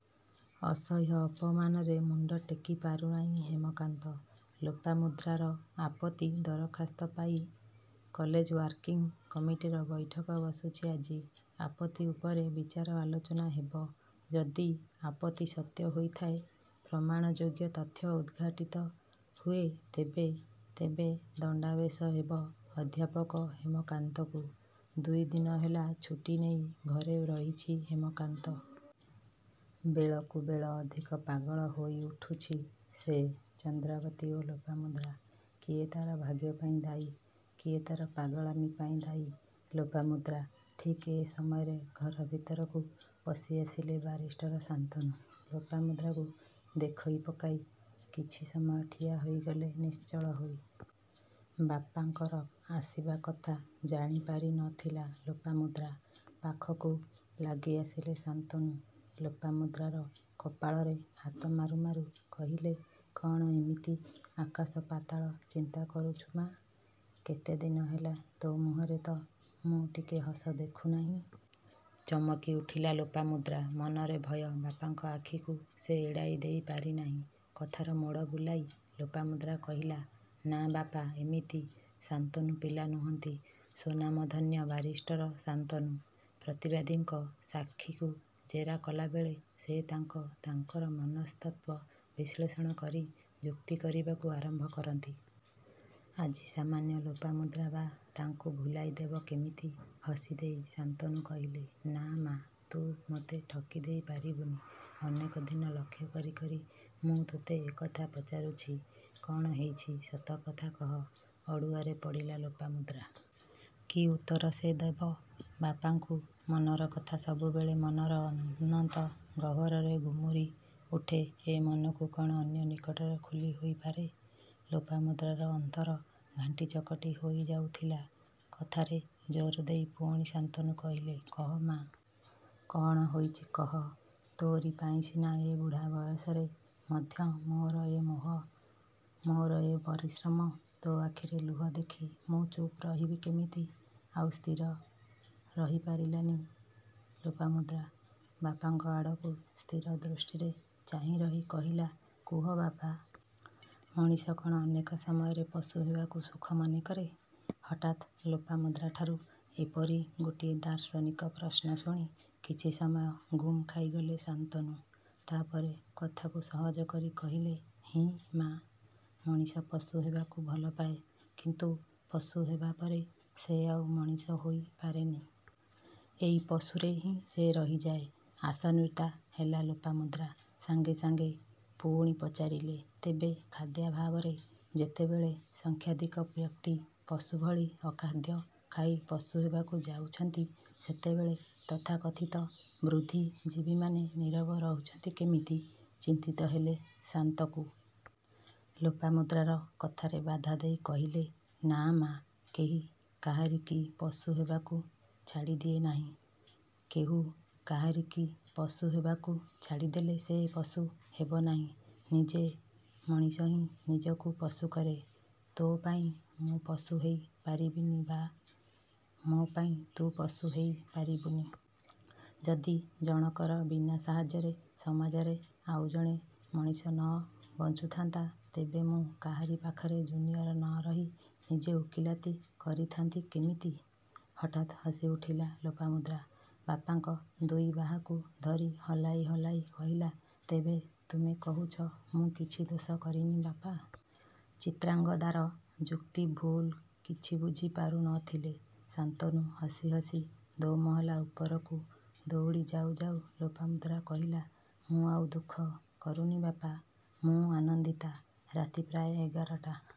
ଅସହ୍ୟ ଅପମାନରେ ମୁଣ୍ଡ ଟେକି ପାରୁନାହିଁ ହେମକାନ୍ତ। ଲୋପାମୁଦ୍ରାର ଆପତ୍ତି ଦରଖାସ୍ତ ପାଇଁ କଲେଜ ୱାର୍କିଂ କମିଟିର ବୈଠକ ବସୁଛି ଆଜି। ଆପତ୍ତି ଉପରେ ବିଚାର ଆଲୋଚନା ହେବ। ଯଦି ଆପତ୍ତି ସତ୍ୟ ହୋଇଥାଏ-ପ୍ରମାଣ ଯୋଗ୍ୟ ତଥ୍ୟ ଉଦ୍ଘାଟିତ ହୁଏ ତେବେ? ତେବେ ଦଣ୍ଡାବେଶ ହେବ ଅଧ୍ୟାପକ ହେମକାନ୍ତକୁ ଦୁଇଦିନ ହେଲା ଛୁଟି ନେଇ ଘରେ ରହିଛି ହେମକାନ୍ତ। ବେଳକୁ ବେଳ ଅଧିକ ପାଗଳ ହୋଇ ଉଠୁଛି ସେ ଚନ୍ଦ୍ରାବତୀ ଓ ଲୋପାମୁଦ୍ରା। କିଏ ତା'ର ଭାଗ୍ୟପାଇଁ ଦାୟୀ? କିଏ ତା'ର ପାଗଳାମୀପାଇଁ ଦାୟୀ। ଲୋପାମୁଦ୍ରା। ଠିକ୍ ଏ ସମୟରେ ଘର ଭିତରକୁ ପଶିଆସିଲେ ବାରିଷ୍ଟର ଶାନ୍ତନୁ। ଲୋପାମୁଦ୍ରାକୁ ଦେଖଇ ପକାଇ କିଛି ସମୟ ଠିଆ ହୋଇଗଲେ ନିଶ୍ଚଳ ହୋଇ। ବାପାଙ୍କର ଆସିବା କଥା ଜାଣିପାରି ନ ଥିଲା ଲୋପାମୁଦ୍ରା। ପାଖକୁ ଲାଗିଆସିଲେ ଶାନ୍ତନୁ। ଲୋପାମୁଦ୍ରାର କପାଳରେ ହାତ ମାରୁ ମାରୁ କହିଲେ-''କ'ଣ ଏମିତି ଆକାଶ ପାତାଳ ଚିନ୍ତା କରୁଛୁ ମା? କେତେ ଦିନ ହେଲା ତୋ ମୁହଁରେ ତ ମୁଁ ଟିକେ ହସ ଦେଖୁ ନାହିଁ? '' ଚମକି ଉଠିଲା ଲୋପାମୁଦ୍ରା। ମନରେ ଭୟ ବାପାଙ୍କ ଆଖିକୁ ସେ ଏଡ଼ାଇ ଦେଇ ପାରିନାହିଁ। କଥାର ମୋଡ଼ ବୁଲାଇ ଲୋପାମୁଦ୍ରା କହିଲା-''ନାଁ ବାପା ଏମିତି '' ଶାନ୍ତନୁ ପିଲା ନୁହଁନ୍ତି, ସ୍ୱନାମଧନ୍ୟ ବାରିଷ୍ଟର ଶାନ୍ତନୁ। ପ୍ରତିବାଦୀଙ୍କ ସାକ୍ଷୀଙ୍କୁ ଜେରା କଲାବେଳେ ସେ ତାଙ୍କ ତାଙ୍କର ମନସ୍ତତ୍ୱ ବିଶ୍ଳେଷଣ କରି ଯୁକ୍ତି କରିବାକୁ ଆରମ୍ଭ କରନ୍ତି। ଆଜି ସାମାନ୍ୟ ଲୋପାମୁଦ୍ରା ବା ତାଙ୍କୁ ଭୁଲାଇ ଦେବ କେମିତି? ହସି ଦେଇ ଶାନ୍ତନୁ କହିଲେ-''ନାଁ ମା ତୁ ମୋତେ ଠକି ଦେଇ ପାରିବୁନି। ଅନେକ ଦିନ ଲକ୍ଷ୍ୟ କରି କରି ମୁଁ ତୋତେ ଏକଥା ପଚାରୁଛି। କ'ଣ ହେଇଛି ସତକଥା କହ '' ଅଡ଼ୁଆରେ ପଡ଼ିଲା ଲୋପାମୁଦ୍ରା। କି ଉତ୍ତର ସେ ଦେବ ବାପାଙ୍କୁ? ମନର କଥା ସବୁବେଳେ ମନର ଅନନ୍ତ ଗହ୍ୱରରେ ଗୁମୁରି ଉଠେ। ଏ ମନକୁ କ'ଣ ଅନ୍ୟ ନିକଟରେ ଖୋଲି ହୋଇପାରେ? ଲୋପାମୁଦ୍ରାର ଅନ୍ତର ଘାଣ୍ଟି ଚକଟି ହୋଇ ଯାଉଥିଲା। କଥାରେ ଜୋର ଦେଇ ପୁଣି ଶାନ୍ତନୁ କହିଲେ-''କହ ମା! କ'ଣ ହୋଇଛି କହ! ତୋରି ପାଇଁ ସିନା ଏ ବୁଢ଼ା ବୟସରେ ମଧ୍ୟ ମୋର ଏ ମୋହ ମୋର ଏ ପରିଶ୍ରମ ତୋ ଆଖିରେ ଲୁହ ଦେଖି ମୁଁ ଚୁପ୍ ରହିବି କେମିତି? '' ଆଉ ସ୍ଥିର ରହିପାରିଲାନି ଲୋପାମୁଦ୍ରା ବାପାଙ୍କ ଆଡ଼କୁ ସ୍ଥିର ଦୃଷ୍ଟିରେ ଚାହିଁ ରହି କହିଲା''କୁହ ବାପା! ମଣିଷ କ'ଣ ଅନେକ ସମୟରେ ପଶୁ ହେବାକୁ ସୁଖ ମନେକରେ? '' ହଠାତ୍ ଲୋପାମୁଦ୍ରାଠାରୁ ଏପରି ଗୋଟିଏ ଦାର୍ଶନିକ ପ୍ରଶ୍ନ ଶୁଣି କିଛି ସମୟ ଗୁମ୍ ଖାଇଗଲେ ଶାନ୍ତନୁ। ତା'ପରେ କଥାକୁ ସହଜ କରି କହିଲେ ''ହିଁ ମା! ମଣିଷ ପଶୁ ହେବାକୁ ଭଲପାଏ କିନ୍ତୁ ପଶୁ ହେବାପରେ ସେ ଆଉ ମଣିଷ ହୋଇ ପାରେନି। ଏଇ ପଶୁରେ ହିଁ ସେ ରହିଯାଏ '' ଆଶାନ୍ୱିତା ହେଲା ଲୋପାମୁଦ୍ରା ସାଙ୍ଗେ ସାଙ୍ଗେ ପୁଣି ପଚାରିଲେ ତେବେ ଖାଦ୍ୟାଭାବରେ ଯେତେବେଳେ ସଂଖ୍ୟାଧିକ ବ୍ୟକ୍ତି ପଶୁ ଭଳି ଅଖାଦ୍ୟ ଖାଇ ପଶୁ ହେବାକୁ ଯାଉଛନ୍ତି-ସେତେବେଳେ ତଥାକଥିତ ବୃଦ୍ଧି ଜୀବୀମାନେ ନୀରବ ରହୁଛନ୍ତି କେମିତି? ଚିନ୍ତିତ ହେଲେ ଶାନ୍ତକୁ। ଲୋପାମୁଦ୍ରାର କଥାରେ ବାଧାଦେଇ କହିଲେ-''ନାଁ ମା! କେହି କାହାରିକି ପଶୁ ହେବାକୁ ଛାଡ଼ିଦିଏ ନାହିଁ। କେହିୁ କାହାରିକି ପଶୁ ହେବାକୁ ଛାଡ଼ିଦେଲେ ସେ ପଶୁ ହେବନାହିଁ। ନିଜେ ମଣିଷ ହିଁ ନିଜକୁ ପଶୁ କରେ। ତୋ ପାଇଁ ମୁଁ ପଶୁ ହେଇ ପାରିବିନିବା ମୋ ପାଇଁ ତୁ ପଶୁ ହେଇପାରିବୁନି। ଯଦି ଜଣକର ବିନା ସାହାଯ୍ୟରେ ସମାଜରେ ଆଉ ଜଣେ ମଣିଷ ନ ବଞ୍ଚୁଥାନ୍ତା ତେବେ ମୁଁ କାହାରି ପାଖରେ ଜୁନିଅର ନ ରହି ନିଜେ ଓକିଲାତି କରିଥାନ୍ତି କେମିତି? '' ହଠାତ୍ ହସିଉଠିଲା ଲୋପାମୁଦ୍ରା ବାପାଙ୍କ ଦୁଇ ବାହାକୁ ଧରି ହଲାଇ ହଲାଇ କହିଲା-ତେବେ ତୁମେ କହୁଛ ମୁଁ କିଛି ଦୋଷ କରିନି ବାପା? ଚିତ୍ରାଙ୍ଗଦାର ଯୁକ୍ତି ଭୁଲ କିଛି ବୁଝି ପାରୁ ନ ଥିଲେ ଶାନ୍ତନୁ ହସି ହସି ଦୋ ମହଲା ଉପରକୁ ଦୌଡ଼ି ଯାଉ ଯାଉ ଲୋପାମୁଦ୍ରା କହିଲା ମୁଁ ଆଉ ଦୁଃଖ କରୁନି ବାପା! ମୁଁ ଆନନ୍ଦିତା। ରାତି ପ୍ରାୟ ଏଗାରଟା।